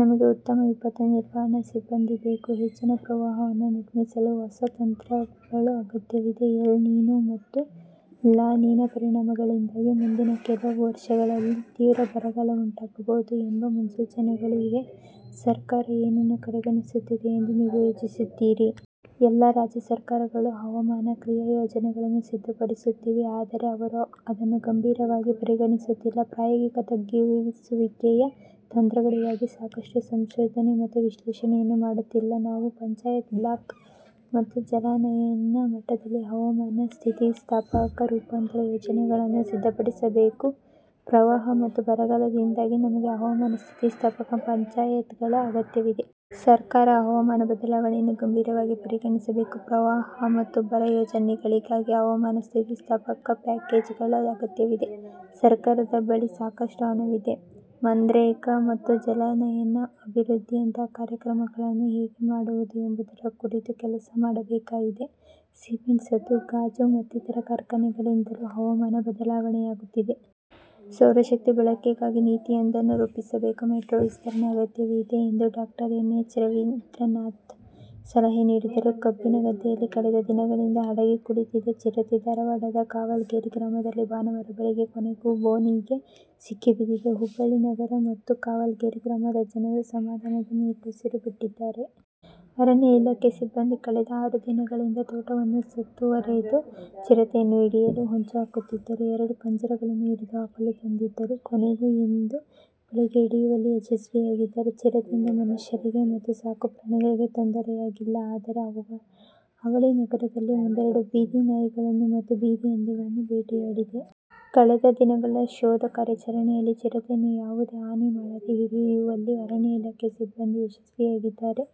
ನಮಗೆ ಉತ್ತಮ ವಿಪತ್ತು ನಿರ್ವಹಣಾ ಸಿಬ್ಬಂದಿ ಬೇಕು. ಹೆಚ್ಚಿದ ಪ್ರವಾಹವನ್ನು ನಿರ್ವಹಿಸಲು ಹೊಸ ತಂತ್ರಗಳು ಅಗತ್ಯವಿದೆ. ಎಲ್ ನಿನೊ ಮತ್ತು ಲಾ ನಿನಾ ಪರಿಣಾಮಗಳಿಂದಾಗಿ ಮುಂದಿನ ಕೆಲವು ವರ್ಷಗಳಲ್ಲಿ ತೀವ್ರ ಬರಗಾಲ ಉಂಟಾಗಬಹುದು ಎಂಬ ಮುನ್ಸೂಚನೆಗಳೂ ಇವೆ. ಸರ್ಕಾರ ಏನನ್ನು ಕಡೆಗಣಿಸುತ್ತಿದೆ ಎಂದು ನೀವು ಯೋಚಿಸುತ್ತೀರಿ? ಎಲ್ಲಾ ರಾಜ್ಯ ಸರ್ಕಾರಗಳು ಹವಾಮಾನ ಕ್ರಿಯಾ ಯೋಜನೆಗಳನ್ನು ಸಿದ್ಧಪಡಿಸುತ್ತಿವೆ, ಆದರೆ ಅವರು ಅದನ್ನು ಗಂಭೀರವಾಗಿ ಪರಿಗಣಿಸುತ್ತಿಲ್ಲ. ಪ್ರಾಯೋಗಿಕ ತಗ್ಗಿಸುವಿಕೆಯ ತಂತ್ರಗಳಿಗಾಗಿ ಸಾಕಷ್ಟು ಸಂಶೋಧನೆ ಮತ್ತು ವಿಶ್ಲೇಷಣೆಯನ್ನು ಮಾಡುತ್ತಿಲ್ಲ. ನಾವು ಪಂಚಾಯತ್, ಬ್ಲಾಕ್ ಮತ್ತು ಜಲಾನಯನ ಮಟ್ಟದಲ್ಲಿ ಹವಾಮಾನ-ಸ್ಥಿತಿಸ್ಥಾಪಕ ರೂಪಾಂತರ ಯೋಜನೆಗಳನ್ನು ಸಿದ್ಧಪಡಿಸಬೇಕು. ಪ್ರವಾಹ ಮತ್ತು ಬರಗಾಲದಿಂದಾಗಿ ನಮಗೆ ಹವಾಮಾನ-ಸ್ಥಿತಿಸ್ಥಾಪಕ ಪಂಚಾಯತ್ಗಳ ಅಗತ್ಯವಿದೆ. ಸರ್ಕಾರ ಹವಾಮಾನ ಬದಲಾವಣೆಯನ್ನು ಗಂಭೀರವಾಗಿ ಪರಿಗಣಿಸಬೇಕು ಪ್ರವಾಹ ಮತ್ತು ಬರ ಯೋಜನೆಗಳಿಗಾಗಿ ಹವಾಮಾನ-ಸ್ಥಿತಿಸ್ಥಾಪಕ ಪ್ಯಾಕೇಜ್ಗಳ ಅಗತ್ಯವಿದೆ. ಸರ್ಕಾರದ ಬಳಿ ಸಾಕಷ್ಟು ಹಣವಿದೆ. ಮನ್ರೇಗಾ ಮತ್ತು ಜಲಾನಯನ ಅಭಿವೃದ್ಧಿಯಂತಹ ಕಾರ್ಯಕ್ರಮಗಳನ್ನು ಹೇಗೆ ಮಾಡುವುದು ಎಂಬುದರ ಕುರಿತು ಕೆಲಸ ಮಾಡಬೇಕಾಗಿದೆ. ಸಿಮೆಂಟ್, ಸತು, ಗಾಜು ಮತ್ತಿತರ ಕಾರ್ಖಾನೆಗಳಿಂದಲೂ ಹವಾಮಾನ ಬದಲಾವಣೆಯಾಗುತ್ತಿದೆ. ಸೌರ ಶಕ್ತಿ ಬಳಕೆಗಾಗಿ ನೀತಿಯೊಂದನ್ನು ರೂಪಿಸಬೇಕು, ಮೆಟ್ರೋ ವಿಸ್ತರಣೆ ಅಗತ್ಯವಿದೆ ಎಂದು ಡಾ. ಎನ್. ಎಚ್. ರವೀಂದ್ರನಾಥ್ ಸಲಹೆ ನೀಡಿದರು. ಕಬ್ಬಿನ ಗದ್ದೆಯಲ್ಲಿ ಕಳೆದ ದಿನಗಳಿಂದ ಅಡಗಿ ಕುಳಿತಿದ್ದ ಚಿರತೆ ಧಾರವಾಡದ ಕಾವಲ್ಗೇರಿ ಗ್ರಾಮದಲ್ಲಿ ಭಾನುವಾರ ಬೆಳಗ್ಗೆ ಕೊನೆಗೂ ಬೋನಿಗೆ ಸಿಕ್ಕಿಬಿದ್ದಿದೆ. ಹುಬ್ಬಳ್ಳಿ ನಗರ ಮತ್ತು ಕಾವಲ್ಗೇರಿ ಗ್ರಾಮದ ಜನರು ಸಮಾಧಾನದ ನಿಟ್ಟುಸಿರು ಬಿಟ್ಟಿದ್ದಾರೆ. ಅರಣ್ಯ ಇಲಾಖೆ ಸಿಬ್ಬಂದಿ ಕಳೆದ ಆರು ದಿನಗಳಿಂದ ತೋಟವನ್ನು ಸುತ್ತುವರಿದು ಚಿರತೆಯನ್ನು ಹಿಡಿಯಲು ಹೊಂಚುಹಾಕುತ್ತಿದ್ದರು. ಎರಡು ಪಂಜರಗಳನ್ನು ಹಿಡಿದು ಹಾಕಲು ತಂದಿದ್ದರು. ಕೊನೆಗೂ ಇಂದು ಬೆಳಗ್ಗೆ ಹಿಡಿಯುವಲ್ಲಿ ಯಶಸ್ವಿಯಾಗಿದ್ದಾರೆ. ಚಿರತೆಯಿಂದ ಮನುಷ್ಯರಿಗೆ ಮತ್ತು ಸಾಕುಪ್ರಾಣಿಗಳಿಗೆ ತೊಂದರೆಯಾಗಿಲ್ಲ, ಆದರೆ ಅವಳಿ ನಗರದಲ್ಲಿ ಒಂದೆರಡು ಬೀದಿನಾಯಿಗಳನ್ನು ಮತ್ತು ಬೀದಿ ಹಂದಿಗಳನ್ನು ಬೇಟೆಯಾಡಿದೆ. ಕಳೆದ ದಿನಗಳ ಶೋಧ ಕಾರ್ಯಾಚರಣೆಯಲ್ಲಿ ಚಿರತೆಯನ್ನು ಯಾವುದೇ ಹಾನಿ ಮಾಡದೆ ಹಿಡಿಯುವಲ್ಲಿ ಅರಣ್ಯ ಇಲಾಖೆ ಸಿಬ್ಬಂದಿ ಯಶಸ್ವಿಯಾಗಿದ್ದಾರೆ.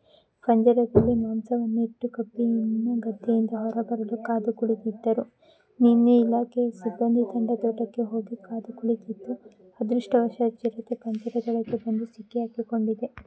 ಪಂಜರದಲ್ಲಿ ಮಾಂಸವನ್ನಿಟ್ಟು ಕಬ್ಬಿನ ಗದ್ದೆಯಿಂದ ಹೊರಬರಲು ಕಾದು ಕುಳಿತಿದ್ದರು. ನಿನ್ನೆ ಇಲಾಖೆಯ ಸಿಬ್ಬಂದಿ ತಂಡ ತೋಟಕ್ಕೆ ಹೋಗಿ ಕಾದು ಕುಳಿತಿತ್ತು. ಅದೃಷ್ಟವಶಾತ್ ಚಿರತೆ ಪಂಜರದೊಳಗೆ ಬಂದು ಸಿಕ್ಕಿಹಾಕಿಕೊಂಡಿದೆ.